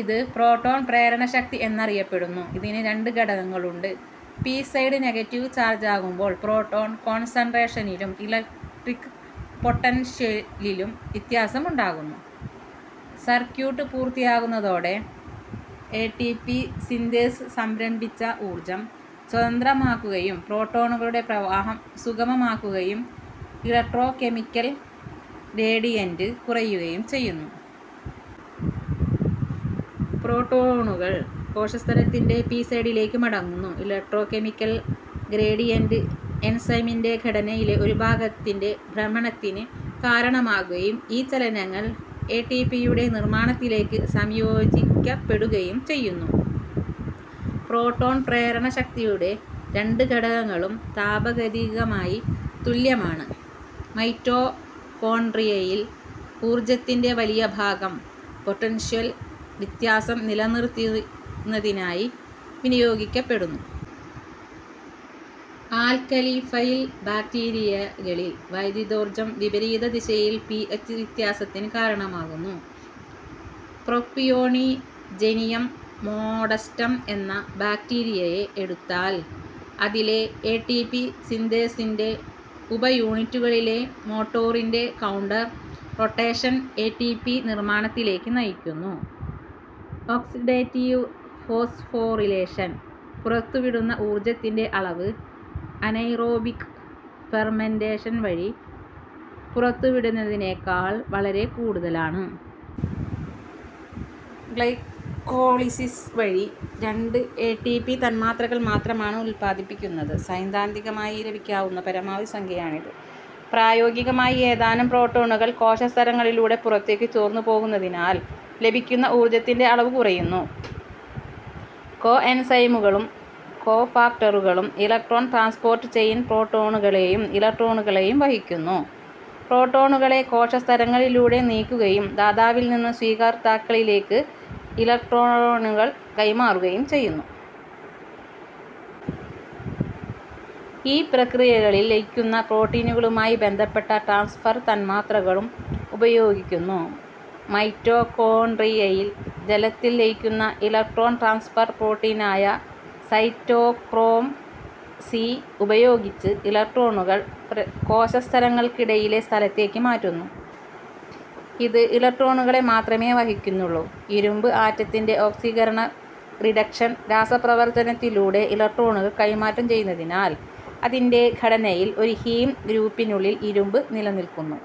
ഇത് പ്രോട്ടോൺ പ്രേരണ ശക്തി എന്ന് അറിയപ്പെടുന്നു. ഇതിന് രണ്ട് ഘടകങ്ങളുണ്ട്. പി സൈഡ് നെഗറ്റീവ് ചാർജാകുമ്പോൾ പ്രോട്ടോൺ കോൺസൻട്രേഷനിലും ഇലക്ട്രിക് പൊട്ടൻഷ്യലിലും വ്യത്യാസം ഉണ്ടാകുന്നു. സർക്യൂട്ട് പൂർത്തിയാകുന്നതോടെ എ ടി പി സിന്തേസ് സംരംഭിച്ച ഊർജം സ്വതന്ത്രമാക്കുകയും പ്രോട്ടോണുകളുടെ പ്രവാഹം സുഗമമാകുകയും ഇലക്ട്രോകെമിക്കൽ ഗ്രേഡിയന്റ് കുറയുകയും ചെയ്യുന്നു. പ്രോട്ടോണുകൾ കോശസ്തരത്തിൻ്റെ പി സൈഡിലേക്ക് മടങ്ങുന്നു. ഇലക്ട്രോകെമിക്കൽ ഗ്രേഡിയന്റ് എൻസൈമിൻ്റെ ഘടനയിലെ ഒരു ഭാഗത്തിൻ്റെ ഭ്രമണത്തിന് കാരണമാകുകയും ഈ ചലനങ്ങൾ എ ടി പി യുടെ നിർമ്മാണത്തിലേക്ക് സംയോജിക്കപ്പെടുകയും ചെയ്യുന്നു. പ്രോട്ടോൺ പ്രേരണ ശക്തിയുടെ രണ്ട് ഘടകങ്ങളും താപഗതികമായി തുല്യമാണ്. മൈറ്റോകോണ്ട്രിയയിൽ ഊർജത്തിൻ്റെ വലിയ ഭാഗം പൊട്ടൻഷ്യൽ വ്യത്യാസം നിലനിർത്തിയത് ന്നതിനായി വിനിയോഗിക്കപ്പെടുന്നു. ആൽക്കലിഫൈൽ ബാക്ടീരിയകളിൽ വൈദ്യുതോർജം വിപരീത ദിശയിൽ പി എച്ച് വ്യത്യാസത്തിന് കാരണമാകുന്നു. പ്രൊപ്പിയോണിജെനിയം മോഡസ്റ്റം എന്ന ബാക്ടീരിയയെ എടുത്താൽ, അതിലെ എ ടി പി സിന്തേസിൻ്റെ ഉപയൂണിറ്റുകളിലെ മോട്ടോറിൻ്റെ counter rotation A T P നിർമ്മാണത്തിലേക്ക് നയിക്കുന്നു. ഓക്സിഡേറ്റീവ് ഫോസ്ഫോറിലേഷൻ പുറത്തുവിടുന്ന ഊർജത്തിൻ്റെ അളവ് അനെയ്റോബിക് ഫെർമെന്റേഷൻ വഴി പുറത്തുവിടുന്നതിനേക്കാൾ വളരെ കൂടുതലാണ്. ഗ്ലൈക്കോളിസിസ് വഴി രണ്ട് എ ടി പി തന്മാത്രകൾ മാത്രമാണ് ഉൽപാദിപ്പിക്കുന്നത്. സൈദ്ധാന്തികമായി ലഭിക്കാവുന്ന പരമാവധി സംഖ്യയാണിത്. പ്രായോഗികമായി, ഏതാനും പ്രോട്ടോണുകൾ കോശസ്തരങ്ങളിലൂടെ പുറത്തേക്ക് ചോർന്നുപോകുന്നതിനാൽ ലഭിക്കുന്ന ഊർജത്തിൻ്റെ അളവ് കുറയുന്നു. കോഎൻസൈമുകളും കോഫാക്ടറുകളും ഇലക്ട്രോൺ ട്രാൻസ്പോർട്ട് ചെയിൻ പ്രോട്ടോണുകളെയും ഇലക്ട്രോണുകളെയും വഹിക്കുന്നു. പ്രോട്ടോണുകളെ കോശസ്തരങ്ങളിലൂടെ നീക്കുകയും ദാതാവിൽനിന്ന് സ്വീകർത്താക്കളിലേക്ക് ഇലക്ട്രോണുകൾ കൈമാറുകയും ചെയ്യുന്നു. ഈ പ്രക്രിയകളിൽ ലയിക്കുന്ന പ്രോട്ടീനുകളുമായി ബന്ധപ്പെട്ട ട്രാൻസ്ഫർ തന്മാത്രകളും ഉപയോഗിക്കുന്നു. മൈറ്റോകോണ്ട്രിയയിൽ ജലത്തിൽ ലയിക്കുന്ന ഇലക്ട്രോൺ ട്രാൻസ്ഫർ പ്രോട്ടീനായ സൈറ്റോക്രോം സി ഉപയോഗിച്ച് ഇലക്ട്രോണുകൾ കോശസ്തരങ്ങൾക്കിടയിലെ സ്ഥലത്തേക്ക് മാറ്റുന്നു. ഇത് ഇലക്ട്രോണുകളെ മാത്രമേ വഹിക്കുന്നുള്ളൂ. ഇരുമ്പ് ആറ്റത്തിൻ്റെ ഓക്സീകരണ റിഡക്ഷൻ രാസപ്രവർത്തനത്തിലൂടെ ഇലക്ട്രോണുകൾ കൈമാറ്റം ചെയ്യുന്നതിനാൽ അതിൻ്റെ ഘടനയിൽ ഒരു ഹീം ഗ്രൂപ്പിനുള്ളിൽ ഇരുമ്പ് നിലനിൽക്കുന്നു.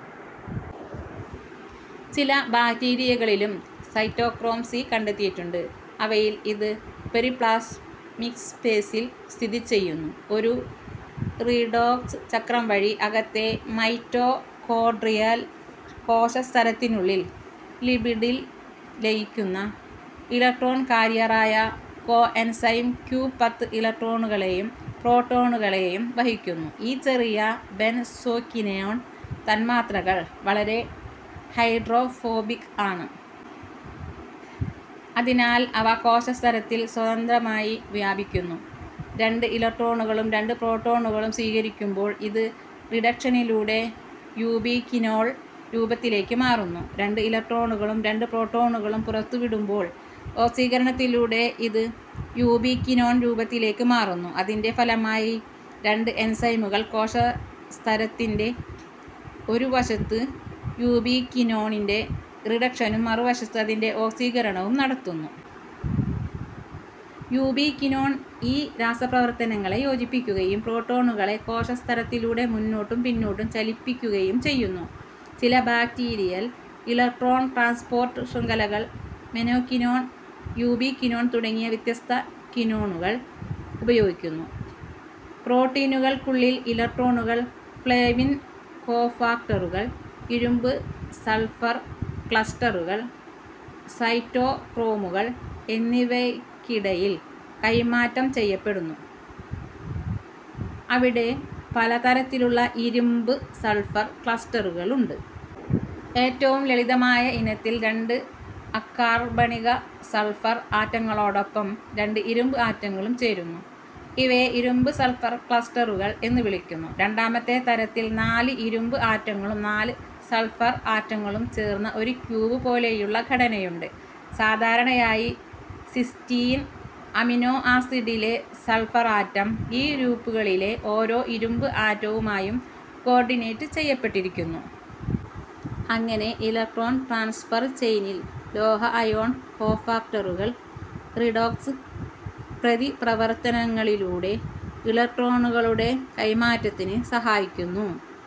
ചില ബാക്ടീരിയകളിലും സൈറ്റോക്രോം സി കണ്ടെത്തിയിട്ടുണ്ട്. അവയിൽ ഇത് പെരിപ്ലാസ്മിക് സ്പേസിൽ സ്ഥിതിചെയ്യുന്നു. ഒരു റിഡോക്സ് ചക്രം വഴി അകത്തെ മൈറ്റോകോണ്ട്രിയൽ കോശസ്തരത്തിനുള്ളിൽ ലിപിഡിൽ ലയിക്കുന്ന ഇലക്ട്രോൺ കാരിയറായ കോഎൻസൈം ക്യു പത്ത് ഇലക്ട്രോണുകളെയും പ്രോട്ടോണുകളെയും വഹിക്കുന്നു. ഈ ചെറിയ ബെൻസോക്വിനയോൺ തന്മാത്രകൾ വളരെ ഹൈഡ്രോഫോബിക് ആണ്. അതിനാൽ അവ കോശസ്തരത്തിൽ സ്വതന്ത്രമായി വ്യാപിക്കുന്നു. രണ്ട് ഇലക്ട്രോണുകളും രണ്ട് പ്രോട്ടോണുകളും സ്വീകരിക്കുമ്പോൾ ഇത് റിഡക്ഷനിലൂടെ യൂബിക്വിനോൾ രൂപത്തിലേക്ക് മാറുന്നു. രണ്ട് ഇലക്ട്രോണുകളും രണ്ട് പ്രോട്ടോണുകളും പുറത്തുവിടുമ്പോൾ ഓക്സീകരണത്തിലൂടെ ഇത് യൂബിക്വിനോൺ രൂപത്തിലേക്ക് മാറുന്നു. അതിൻ്റെ ഫലമായി രണ്ട് എൻസൈമുകൾ കോശസ്തരത്തിൻ്റെ ഒരുവശത്ത് യൂബിക്വിനോണിൻ്റെ റിഡക്ഷനും മറുവശത്ത് അതിൻ്റെ ഓക്സീകരണവും നടത്തുന്നു. യൂബിക്വിനോൺ ഈ രാസപ്രവർത്തനങ്ങളെ യോജിപ്പിക്കുകയും പ്രോട്ടോണുകളെ കോശസ്തരത്തിലൂടെ മുന്നോട്ടും പിന്നോട്ടും ചലിപ്പിക്കുകയും ചെയ്യുന്നു. ചില ബാക്ടീരിയൽ ഇലക്ട്രോൺ ട്രാൻസ്പോർട്ട് ശൃംഖലകൾ മെനോക്വിനോൺ, യൂബിക്വിനോൺ തുടങ്ങിയ വ്യത്യസ്ത ക്വിനോണുകൾ ഉപയോഗിക്കുന്നു. പ്രോട്ടീനുകൾക്കുള്ളിൽ ഇലക്ട്രോണുകൾ ഫ്ലേവിൻ കോഫാക്ടറുകൾ, ഇരുമ്പ് സൾഫർ ക്ലസ്റ്ററുകൾ, സൈറ്റോക്രോമുകൾ എന്നിവയ്ക്കിടയിൽ കൈമാറ്റം ചെയ്യപ്പെടുന്നു. അവിടെ പല തരത്തിലുള്ള ഇരുമ്പ് സൾഫർ ക്ലസ്റ്ററുകളുണ്ട്. ഏറ്റവും ലളിതമായ ഇനത്തിൽ രണ്ട് അകാർബണിക സൾഫർ ആറ്റങ്ങളോടൊപ്പം രണ്ട് ഇരുമ്പ് ആറ്റങ്ങളും ചേരുന്നു. ഇവയെ ഇരുമ്പ് സൾഫർ ക്ലസ്റ്ററുകൾ എന്ന് വിളിക്കുന്നു. രണ്ടാമത്തെ തരത്തിൽ നാല് ഇരുമ്പ് ആറ്റങ്ങളും നാല് സൾഫർ ആറ്റങ്ങളും ചേർന്ന ഒരു ക്യൂബ് പോലെയുള്ള ഘടനയുണ്ട്. സാധാരണയായി സിസ്റ്റീൻ അമിനോ ആസിഡിലെ സൾഫർ ആറ്റം ഈ ഗ്രൂപ്പുകളിലെ ഓരോ ഇരുമ്പ് ആറ്റവുമായും കോർഡിനേറ്റ് ചെയ്യപ്പെട്ടിരിക്കുന്നു. അങ്ങനെ ഇലക്ട്രോൺ ട്രാൻസ്ഫർ ചെയിനിൽ ലോഹ അയോൺ കോഫാക്ടറുകൾ റിഡോക്സ് പ്രതിപ്രവർത്തനങ്ങളിലൂടെ ഇലക്ട്രോണുകളുടെ കൈമാറ്റത്തിന് സഹായിക്കുന്നു.